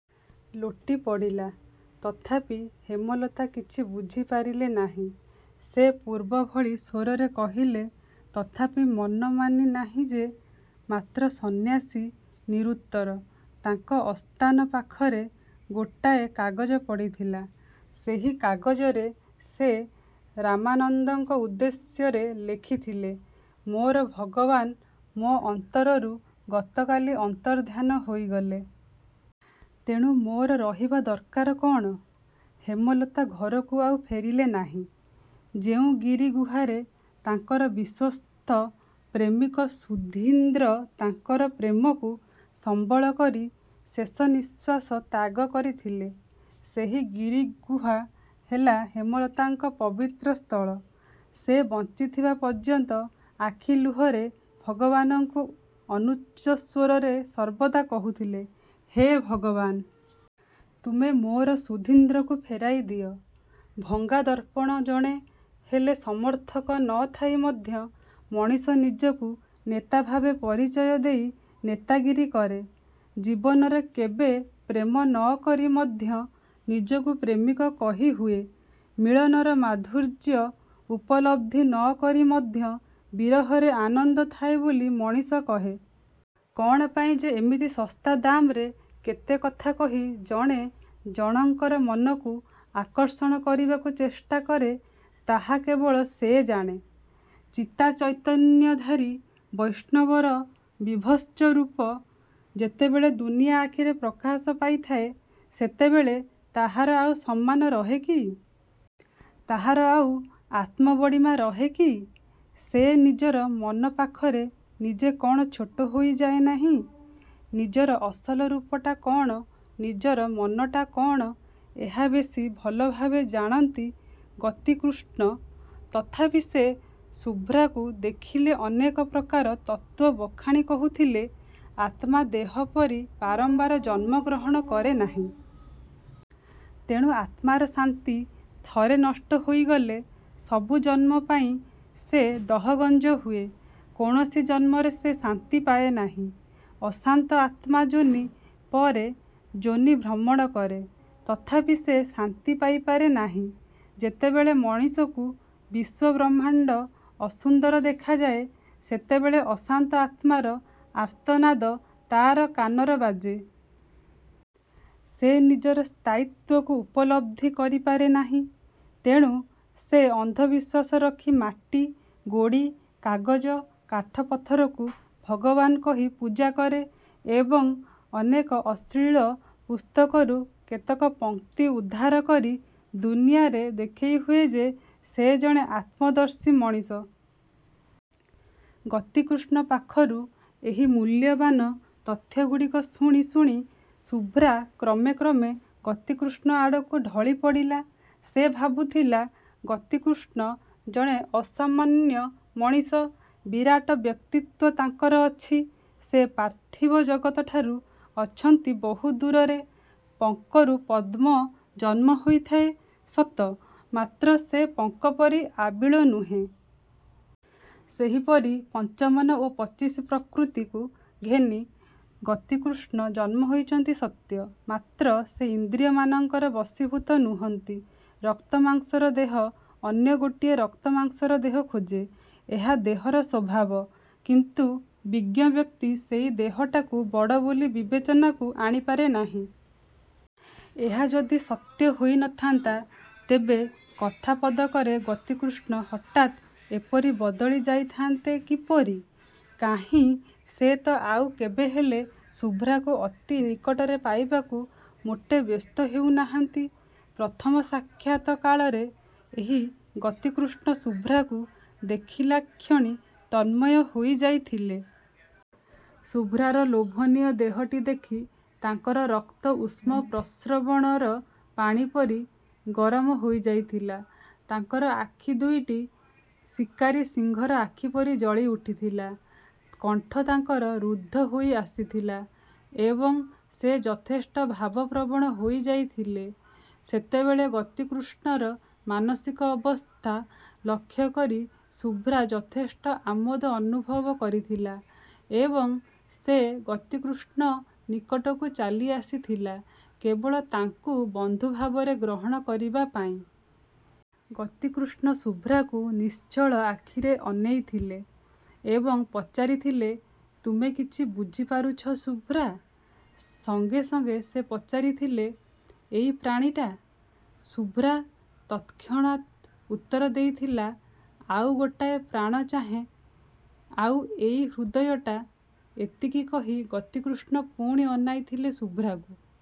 ଲୋଟିପଡ଼ିଲା। ତଥାପି ହେମଲତା କିଛି ବୁଝିପାରିଲେ ନାହିଁ। ସେ ପୂର୍ବ ଭଳି ସ୍ୱରରେ କହିଲେ ''ତଥାପି ମନ ମାନି ନାହିଁ ଯେ '' ମାତ୍ର ସନ୍ୟାସୀ ନିରୁତ୍ତର। ତାଙ୍କ ଆସ୍ଥାନ ପାଖରେ ଗୋଟାଏ କାଗଜ ପଡ଼ିଥିଲା। ସେହି କାଗଜରେ ସେ ରାମାନନ୍ଦଙ୍କ ଉଦ୍ଦେଶ୍ୟରେ ଲେଖିଥିଲେ ''ମୋର ଭଗବାନ ମୋ ଅନ୍ତରରୁ ଗତକାଲି ଅନ୍ତର୍ଦ୍ଧାନ ହୋଇଗଲେ। ତେଣୁ ମୋର ରହିବା ଦରକାର କ'ଣ? '' ହେମଲତା ଘରକୁ ଆଉ ଫେରିଲେ ନାହିଁ। ଯେଉଁ ଗିରି ଗୁହାରେ ତାଙ୍କର ବିଶ୍ୱସ୍ତ ପ୍ରେମିକ ସୁଧୀନ୍ଦ୍ର ତାଙ୍କର ପ୍ରେମକୁ ସମ୍ବଳକରି ଶେଷନିଃଶ୍ୱାସ ତ୍ୟାଗ କରିଥିଲେ ସେହି ଗିରିଗୁହା ହେଲା ହେମଲତାଙ୍କ ପବିତ୍ର ସ୍ଥଳ। ସେ ବଞ୍ଚିଥିବା ପର୍ଯ୍ୟନ୍ତ ଆଖି ଲୁହରେ ଭଗବାନଙ୍କୁ ଅନୁଚ୍ଚସ୍ୱରରେ ସର୍ବଦା କହୁଥିଲେ, ''ହେ ଭଗବାନ! ତୁମେ ମୋର ସୁଧୀନ୍ଦ୍ରକୁ ଫେରାଇଦିଅ। '' ଭଙ୍ଗା ଦର୍ପଣ ଜଣେ ହେଲେ ସମର୍ଥକ ନ ଥାଇ ମଧ୍ୟ ମଣିଷ ନିଜକୁ ନେତାଭାବେ ପରିଚୟ ଦେଇ ନେତାଗିରୀ କରେ। ଜୀବନରେ କେବେ ପ୍ରେମ ନ କରି ମଧ୍ୟ ନିଜକୁ ପ୍ରେମିକ କହିହୁଏ। ମିଳନର ମାଧୁର୍ଯ୍ୟ ଉପଲବ୍ଧି ନ କରି ମଧ୍ୟ ବିରହରେ ଆନନ୍ଦ ଥାଏ ବୋଲି ମଣିଷ କହେ। କ'ଣ ପାଇଁ ଯେ ଏମିତି ଶସ୍ତା ଦାମରେ କେତେ କଥା କହି ଜଣେ ଜଣଙ୍କର ମନକୁ ଆକର୍ଷଣ କରିବାକୁ ଚେଷ୍ଟାକରେ ତାହା କେବଳ ସେ ଜାଣେ। ଚିତାଚୈତନ୍ୟଧାରୀ ବୈଷ୍ଣବର ବିଭତ୍ସରୂପ ଯେତେବେଳେ ଦୁନିଆ ଆଖିରେ ପ୍ରକାଶ ପାଇଯାଏ, ସେତେବେଳେ ତାହାର ଆଉ ସମ୍ମାନ ରହେ କି? ତାହାର ଆଉ ଆତ୍ମବଡ଼ିମା ରହେ କି-? ସେ ନିଜର ମନ ପାଖରେ ନିଜେ କ'ଣ ଛୋଟ ହୋଇଯାଏ ନାହିଁ? ନିଜର ଅସଲ ରୂପଟା କ'ଣ, ନିଜର ମନଟା କ'ଣ, ଏହା ବେଶି ଭଲଭାବେ ଜାଣନ୍ତି ଗତିକୃଷ୍ଣ। ତଥାପି ସେ ଶୁଭ୍ରାକୁ ଦେଖିଲେ ଅନେକ ପ୍ରକାର ତତ୍ତ୍ଵ ବଖାଣି କହୁଥିଲେ, ''ଆତ୍ମା ଦେହପରି ବାରମ୍ବାର ଜନ୍ମଗ୍ରହଣ କରେନାହିଁ। ତେଣୁ ଆତ୍ମାର ଶାନ୍ତି ଥରେ ନଷ୍ଟ ହୋଇଗଲେ ସବୁ ଜନ୍ମପାଇଁ ସେ ଦହଗଞ୍ଜ ହୁଏ। କୌଣସି ଜନ୍ମରେ ସେ ଶାନ୍ତି ପାଏ ନାହିଁ। ଅଶାନ୍ତ ଆତ୍ମା ଯୋନି ପରେ ଯୋନି ଭ୍ରମଣ କରେ। ତଥାପି ସେ ଶାନ୍ତି ପାଇପାରେ ନାହିଁ। ଯେତେବେଳେ ମଣିଷକୁ ବିଶ୍ୱବ୍ରହ୍ମାଣ୍ଡ ଅସୁନ୍ଦର ଦେଖାଯାଏ, ସେତେବେଳେ ଅଶାନ୍ତ ଆତ୍ମାର ଆର୍ତ୍ତନାଦ ତା'ର କାନରେ ବାଜେ। ସେ ନିଜର ସ୍ଥାୟିତ୍ୱକୁ ଉପଲବ୍ଧି କରିପାରେ ନାହିଁ। ତେଣୁ ସେ ଅନ୍ଧବିଶ୍ୱାସ ରଖି ମାଟି, ଗୋଡ଼ି, କାଗଜ, କାଠ, ପଥରକୁ ଭଗବାନ କହି ପୂଜାକରେ ଏବଂ ଅନେକ ଅଶ୍ଳୀଳ ପୁସ୍ତକରୁ କେତେକ ପଂକ୍ତି ଉଦ୍ଧାର କରି ଦୁନିଆରେ ଦେଖାଇହୁଏ ଯେ ସେ ଜଣେ ଆତ୍ମଦର୍ଶୀ ମଣିଷ। '' ଗତିକୃଷ୍ଣ ପାଖରୁ ଏହି ମୂଲ୍ୟବାନ ତଥ୍ୟଗୁଡ଼ିକ ଶୁଣି ଶୁଣି ଶୁଭ୍ରା କ୍ରମେ କ୍ରମେ ଗତିକୃଷ୍ଣ ଆଡ଼କୁ ଢଳିପଡ଼ିଲା। ସେ ଭାବୁଥିଲା, 'ଗତିକୃଷ୍ଣ ଜଣେ ଅସାମାନ୍ୟ ମଣିଷ, ବିରାଟ ବ୍ୟକ୍ତିତ୍ଵ ତାଙ୍କର ଅଛି। ସେ ପାର୍ଥିବ ଜଗତଠାରୁ ଅଛନ୍ତି ବହୁ ଦୂରରେ। ପଙ୍କରୁ ପଦ୍ମ ଜନ୍ମହୋଇଥାଏ ସତ, ମାତ୍ର ସେ ପଙ୍କପରି ଆବିଳ ନୁହେଁ। ସେହିପରି ପଞ୍ଚମନ ଓ ପଚିଶ ପ୍ରକୃତିକୁ ଘେନି ଗତିକୃଷ୍ଣ ଜନ୍ମ ହୋଇଛନ୍ତି ସତ୍ୟ; ମାତ୍ର ସେ ଇନ୍ଦ୍ରିୟମାନଙ୍କର ବଶୀଭୂତ ନୁହନ୍ତି। ରକ୍ତମାଂସର ଦେହ ଅନ୍ୟ ଗୋଟିଏ ରକ୍ତମାଂସର ଦେହ ଖୋଜେ, ଏହା ଦେହର ସ୍ୱଭାବ। କିନ୍ତୁ ବିଜ୍ଞବ୍ୟକ୍ତି ସେହି ଦେହଟାକୁ ବଡ଼ ବୋଲି ବିବେଚନାକୁ ଆଣିପାରେ ନାହିଁ। ଏହା ଯଦି ସତ୍ୟ ହୋଇନଥାନ୍ତା, ତେବେ କଥା ପଦକରେ ଗତିକୃଷ୍ଣ ହଠାତ୍ ଏପରି ବଦଳି ଯାଇଥାନ୍ତେ କିପରି? କାହିଁ ସେ ତ ଆଉ କେବେହେଲେ ଶୁଭ୍ରାକୁ ଅତି ନିକଟରେ ପାଇବାକୁ ମୋଟେ ବ୍ୟସ୍ତ ହେଉନାହାନ୍ତି? ' ପ୍ରଥମ ସାକ୍ଷାତ କାଳରେ ଏହି ଗତିକୃଷ୍ଣ ଶୁଭ୍ରାକୁ ଦେଖିଲାକ୍ଷଣି ତନ୍ମୟ ହୋଇଯାଇଥିଲେ। ଶୁଭ୍ରାର ଲୋଭନୀୟ ଦେହଟି ଦେଖି ତାଙ୍କର ରକ୍ତ ଉଷ୍ମପ୍ରସ୍ରବଣର ପାଣିପରି ଗରମ ହୋଇଯାଇଥିଲା। ତାଙ୍କର ଆଖି ଦୁଇଟି ଶିକାରୀ ସିଂହର ଆଖିପରି ଜଳିଉଠିଥିଲା। କଣ୍ଠ ତାଙ୍କର ରୁଦ୍ଧ ହୋଇଆସିଥିଲା ଏବଂ ସେ ଯଥେଷ୍ଟ ଭାବପ୍ରବଣ ହୋଇଯାଇଥିଲେ। ସେତେବେଳେ ଗତିକୃଷ୍ଣର ମାନସିକ ଅବସ୍ଥା ଲକ୍ଷ୍ୟକରି ଶୁଭ୍ରା ଯଥେଷ୍ଟ ଆମୋଦ ଅନୁଭବ କରିଥିଲା ଏବଂ ସେ ଗତିକୃଷ୍ଣ ନିକଟକୁ ଚାଲିଆସିଥିଲା କେବଳ ତାଙ୍କୁ ବନ୍ଧୁଭାବରେ ଗ୍ରହଣ କରିବା ପାଇଁ। ଗତିକୃଷ୍ଣ ଶୁଭ୍ରାକୁ ନିଶ୍ଚଳ ଆଖିରେ ଅନେଇଥିଲେ ଏବଂ ପଚାରିଥିଲେ ''ତୁମେ କିଛି ବୁଝିପାରୁଛ ଶୁଭ୍ରା? '' ସଙ୍ଗେ ସଙ୍ଗେ ସେ ପଚାରିଥିଲେ, ''ଏଇ ପ୍ରାଣଟା? '' ଶୁଭ୍ରା ତତ୍କ୍ଷଣାତ ଉତ୍ତର ଦେଇଥିଲା, ''ଆଉ ଗୋଟାଏ ପ୍ରାଣ ଚାହେଁ। '' ''ଆଉ ଏଇ ହୃଦୟଟା? '' ଏତିକି କହି ଗତିକୃଷ୍ଣ ପୁଣି ଅନାଇଥିଲେ ଶୁଭ୍ରାକୁ।